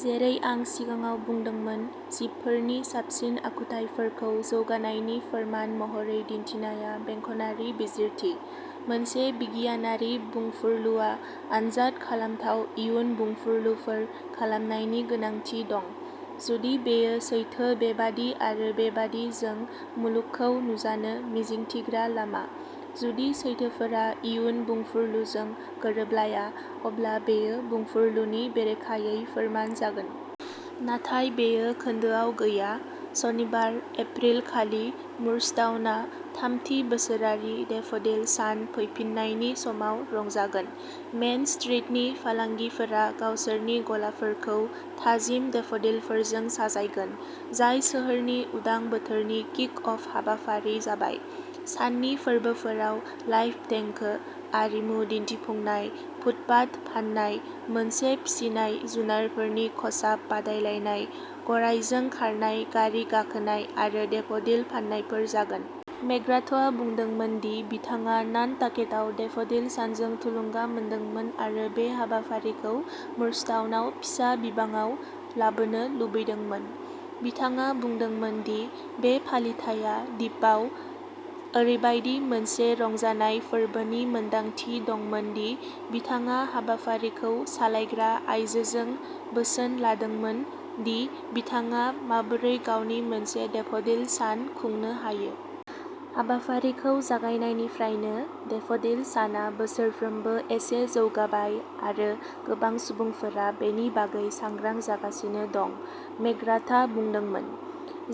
जेरै आं सिगाङाव बुंदोंमोन, जिबफोरनि साबसिन आखुथायफोरखौ जौगानायनि फोरमान महरै दिन्थिनाया बेंखनारि बिजिरथि। मोनसे बिगियानारि बुंफुरलुआ आनजाद खालामथाव इयुन बुंफुरलुफोर खालामनायनि गोनांथि दंः जुदि बेयो सैथो, बेबादि-आरो-बेबादि जों मुलुगखौ नुजानो मिजिंथिग्रा लामा। जुदि सैथोफोरा इयुन बुंफुरलुजों गोरोबलाया, अब्ला बेयो बुंफुरलुनि बेरेखायै फोरमान जागोन। नाथाय बेयो खोन्दोआव गैया। सनिबार, एप्रिल खालि, मुरस्टाउनआ थामथि बोसोरारि डेफ'डिल सान फैफिन्नायनि समाव रंजागोन। मेन स्ट्रीटनि फालांगिफोरा गावसोरनि गलाफोरखौ थाजिम डेफ'डिलफोरजों साजायगोन, जाय सोहोरनि उदां बोथोरनि किक-अफ हाबाफारि जाबाय। साननि फोरबोफोराव लाइभ देंखो, आरिमु दिन्थिफुंनाय, फुटपाथ फान्नाय, मोनसे फिसिनाय जुनारफोरनि खसाब बादायलायनाय, गरायजों खारनाय गारि गाखोनाय आरो डेफ'डिल फान्नायफोर जागोन। मेकग्राथआ बुंदोंमोन दि बिथाङा नान्टकेटआव डेफ'डिल सानजों थुलुंगा मोन्दोंमोन आरो बे हाबाफारिखौ मुरस्टाउनआव फिसा बिबाङाव लाबोनो लुबैदोंमोन। बिथाङा बुंदोंमोन दि बे फालिथाइया दिपआव ओरैबायदि मोनसे "रंजानाय, फोरबोनि मोनदांथि" दंमोन दि बिथाङा हाबाफारिखौ सालायग्रा आयजोजों बोसोन लादोंमोन दि बिथाङा माबोरै गावनि मोनसे डेफ'डिल सान खुंनो हायो। हाबाफारिखौ जागायनायनिफ्रायनो, डेफ'डिल साना बोसोरफ्रोमबो एसे जौगाबाय आरो गोबां सुबुंफोरा बेनि बागै सांग्रां जागासिनो दं, मेकग्राथआ बुंदोंमोन।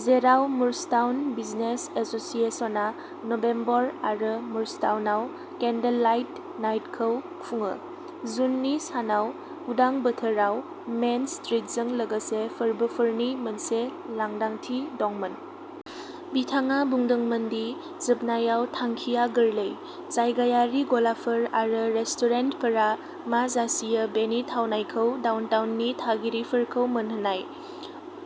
जेराव मुरस्टाउन बिजनेस एस'सिएशनआ नबेम्बर आरो मुरस्टाउनआव कैन्डललाइट नाइटखौ खुङो। जुननि सानाव, उदां बोथोराव मेन स्ट्रिटजों लोगोसे फोरबोफोरनि मोनसे लांदांथि दंमोन। बिथाङा बुंदोंमोन दि जोबनायाव थांखिया गोरलैः जायगायारि गलाफोर आरो रेस्टुरेन्टफोरा मा जासियो बेनि थावनायखौ डाउनटाउननि थागिरिफोरखौ मोनहोनाय।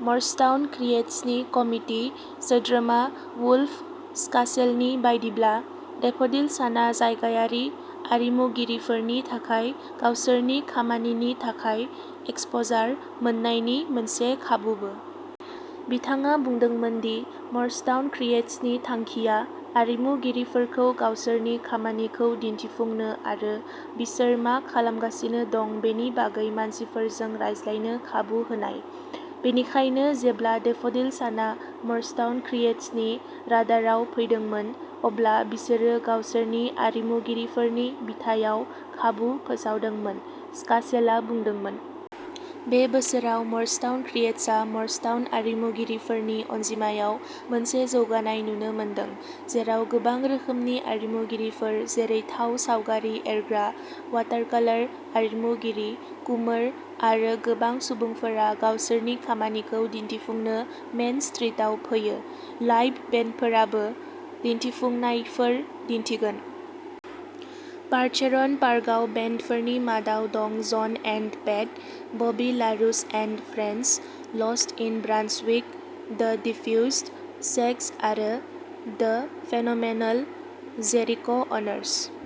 मरस्टाउन क्रिएट्सनि कमिटि सोद्रोमा वुल्फ स्कासेलनि बायदिब्ला, डेफ'डिल सानआ जायगायारि आरिमुगिरिफोरनि थाखाय गावसोरनि खामानिनि थाखाय एक्सप'जार मोन्नायनि मोनसे खाबुबो। बिथाङा बुंदोंमोन दि मरस्टाउन क्रिएट्सनि थांखिया आरिमुगिरिफोरखौ गावसोरनि खामानिखौ दिन्थिफुंनो आरो बिसोर मा खालामगासिनो दं बेनि बागै मानसिफोरजों रायज्लायनो खाबु होनाय। बेनिखायनो, जेब्ला डेफ'डिल साना मरस्टाउन क्रिएट्सनि राडारआव फैदोंमोन, अब्ला बिसोरो गावसोरनि आरिमुगिरिफोरनि बिथायाव खाबु फोसावदोंमोन, स्कासेलआ बुंदोंमोन। बे बोसोराव, मरस्टाउन क्रिएट्सआ मरस्टाउन आरिमुगिरिफोरनि अनजिमायाव मोनसे जौगानाय नुनो मोनदों, जेराव गोबां रोखोमनि आरिमुगिरिफोर जेरै थाव सावगारि एरग्रा, वाटारकलार आरिमुगिरि, कुमोर आरो गोबां सुबुंफोरा गावसोरनि खामानिखौ दिन्थिफुंनो मेन स्ट्रिटआव फैयो। लाइभ बेन्डफोराबो दिन्थिफुंनायफोर दिन्थिगोन। पारचेरन पार्कआव बेन्डफोरनि मादाव दं जन and pet!, Bobby लारुस'एन्ड friends, lost in Brunswick, the diffused, sax आरो द फेनोमेनल जेरिक'हर्नस।